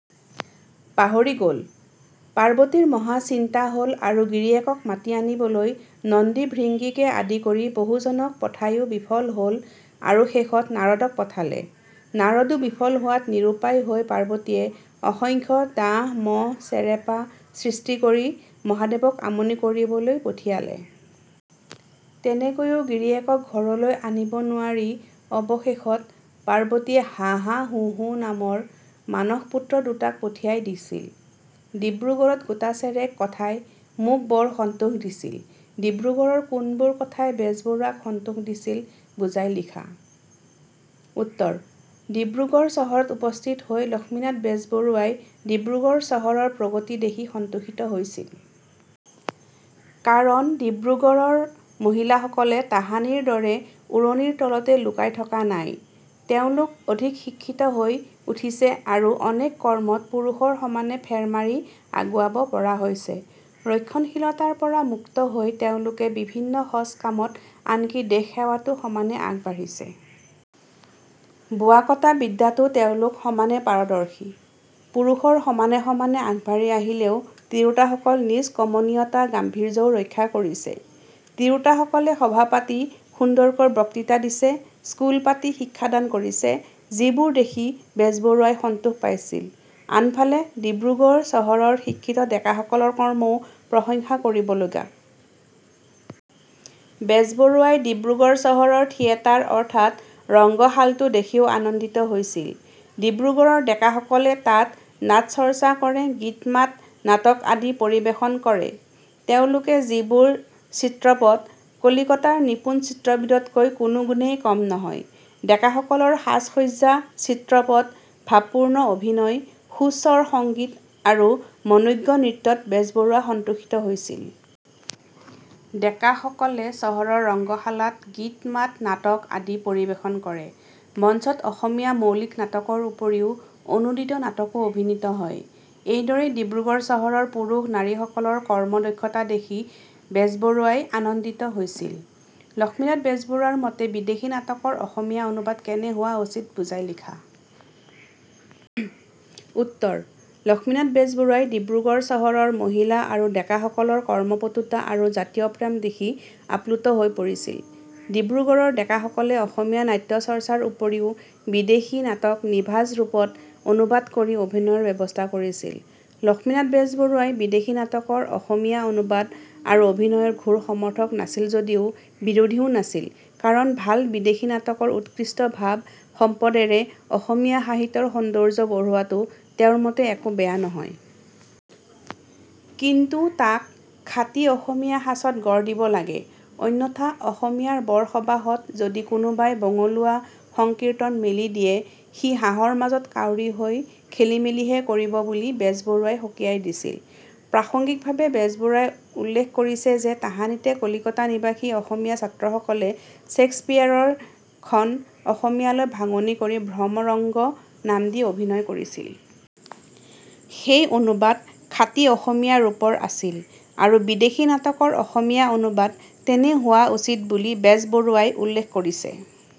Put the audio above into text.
পাহৰি গ'ল। পাৰ্বতীৰ মহা চিন্তা হ'ল আৰু গিৰীয়েকক মাতি আনিবলৈ নন্দী-ভূংগীকে আদি কৰি বহুজনক পঠাইও বিফল হ'ল আৰু শেষত নাৰদক পঠালে। নাৰদো বিফল হোৱাত নিৰুপায় হৈ পাৰ্বতীয়ে অসংখ্য ডাঁহ, মহ, চেৰেপা সৃষ্টি কৰি মহাদেৱক আমনি কৰিবলৈ পঠিয়ালে। তেনেকৈও গিৰীয়েকক ঘৰলৈ আনিব নোৱাৰি অৱশেষত পাৰ্বতীয়ে হাহা-হুহু নামৰ মানস পুত্ৰ দুটাক পঠিয়াই দিছিল।। ডিব্ৰুগড়ত গোটাচেৰেক কথাই মোক বৰ সন্তোষ দিছিল'- ডিব্ৰুগড়ৰ কোনবোৰ কথাই বেজবৰুৱাক সন্তোষ দিছিল, বুজাই লিখা। উত্তৰঃ ডিব্ৰুগড় চহৰত উপস্থিত হৈ লক্ষ্মীনাথ বেজবৰুৱাই ডিব্ৰুগড় চহৰৰ প্ৰগতি দেখি সন্তোষিত হৈছিল। কাৰণ ডিব্ৰুগড়ৰ মহিলাসকলে তাহানিৰ দৰে ওৰণিৰ তলতে লুকাই থকা নাই। তেওঁলোক অধিক শিক্ষিত হৈ উঠিছে আৰু অনেক কৰ্মত পুৰুষৰ সমানে ফেৰ মাৰি আগুৱাব পৰা হৈছে। ৰক্ষণশীলতাৰ পৰা মুক্ত হৈ তেওঁলোকে বিভিন্ন সজ কামত আনকি দেশসেৱাতো সমানে আগবাঢ়িছে। বোৱা-কটা বিদ্যাতো তেওঁলোক পাৰদৰ্শী। পুৰুষৰ সমানে সমানে আগবাঢ়ি আহিলেও তিৰোতাসকল নিজ কমনীয়তা গাম্ভীৰ্যও ৰক্ষা কৰিছে। তিৰোতাসকলে সভা পাতি সুন্দৰকৈ বক্তৃতা দিছে, স্কুল পাতি শিক্ষা দান কৰিছে- যিবোৰ দেখি বেজবৰুৱাই সন্তোষ পাইছিল। আনফালে ডিব্ৰুগড় চহৰৰ শিক্ষিত ডেকা সকলৰ কৰ্মও প্ৰশংসা কৰিব লগা। বেজবৰুৱাই ডিব্ৰুগড় চহৰৰ থিয়েটাৰ অৰ্থাৎ ৰংগশালটো দেখিও আনন্দিত হৈছিল। ডিব্ৰুগড়ৰ ডেকাসকলে তাত নাট-চৰ্চা কৰে, গীত-মাত, নাটক আদি পৰিৱেশন কৰে। তেওঁলোকে যিবোৰ চিত্ৰপট, কলিকতাৰ নিপুন চিত্ৰবিদতকৈ কোনো গুণেই কম নহয়। ডেকাসকলৰ সাজ-সজ্জা, চিত্ৰপট, ভাবপূৰ্ণ অভিনয়, সুস্বৰ সংগীত আৰু মনোজ্ঞ নৃত্যত বেজবৰুৱা সন্তোষিত হৈছিল। ডেকা সকলে চহৰৰ ৰংগশালাত গীত-মাত, নাটক আদি পৰিবেশন কৰে। মঞ্চত অসমীয়া মৌলিক নাটকৰ উপৰিও অনূদিত নাটকো অভিনীত হয়। এনেদৰেই ডিব্ৰুগড় চহৰৰ পুৰুষ নাৰীসকলৰ কৰ্ম দক্ষতা দেখি বেজবৰুৱাই আনন্দিত হৈছিল।। লক্ষ্মীনাথ বেজবৰুৱাৰ মতে বিদেশী নাটকৰ অসমীয়া অনুবাদ কেনে হোৱা উচিত, বুজাই লিখা। উত্তৰ: লক্ষ্মীনাথ বেজবৰুৱাই ডিব্ৰুগড় চহৰৰ মহিলা আৰু ডেকাসকলৰ কৰ্ম পটুটা আৰু জাতীয় প্ৰেম দেখি আপ্লুত হৈ পৰিছিল। ডিব্ৰুগড়ৰৰ ডেকাসকলে অসমীয়া নাট্য চৰ্চাৰ উপৰিও বিদেশী নাটক নিভাঁজ ৰূপত অনুবাদ কৰি অভিনয়ৰ ব্যৱস্থা কৰিছিল। লক্ষ্মীনাথ বেজবৰুৱাই বিদেশী নাটকৰ অসমীয়া অনুবাদ আৰু অভিনয়ৰ ঘোৰ সমৰ্থক নাছিল যদিও বিৰোধীও নাছিল কাৰণ ভাল বিদেশী নাটকৰ উৎকৃষ্ট ভাব সম্পদৰে অসমীয়া সাহিত্যৰ সৌন্দৰ্য বঢ়োৱাটো তেওঁ মতে একো বেয়া নহয়। কিন্তু তাক খাটি অসমীয়া সাঁচত গঢ় দিব লাগে। অন্যথা অসমীয়াৰ বৰসবাহত যদি কোনোবাই বঙলুৱা সংকীৰ্তন মেলি দিয়ে, সি হাঁহৰ মাজত কাউৰী হৈ খেলিমেলিহে কৰিব বুলি বেজবৰুৱাই সকীয়াই দিছিল। প্ৰাসংগিকভাৱে বেজবৰুৱাই উল্লেখ কৰিছে যে তাহানিতে কলিকতা নিবাসী অসমীয়া ছাত্ৰসকলে শ্বেক্সপিয়েৰৰ '' খন অসমীয়ালৈ ভাঙনি কৰি 'ভ্ৰমৰংগ' নাম দি অভিনয় কৰিছিল। সেই অনুবাদ খাটি অসমীয়া ৰূপৰ আছিল আৰু বিদেশী নাটকৰ অসমীয়া অনুবাদ তেনে হোৱা উচিত বুলি বেজবৰুৱাই উল্লেখ কৰিছে।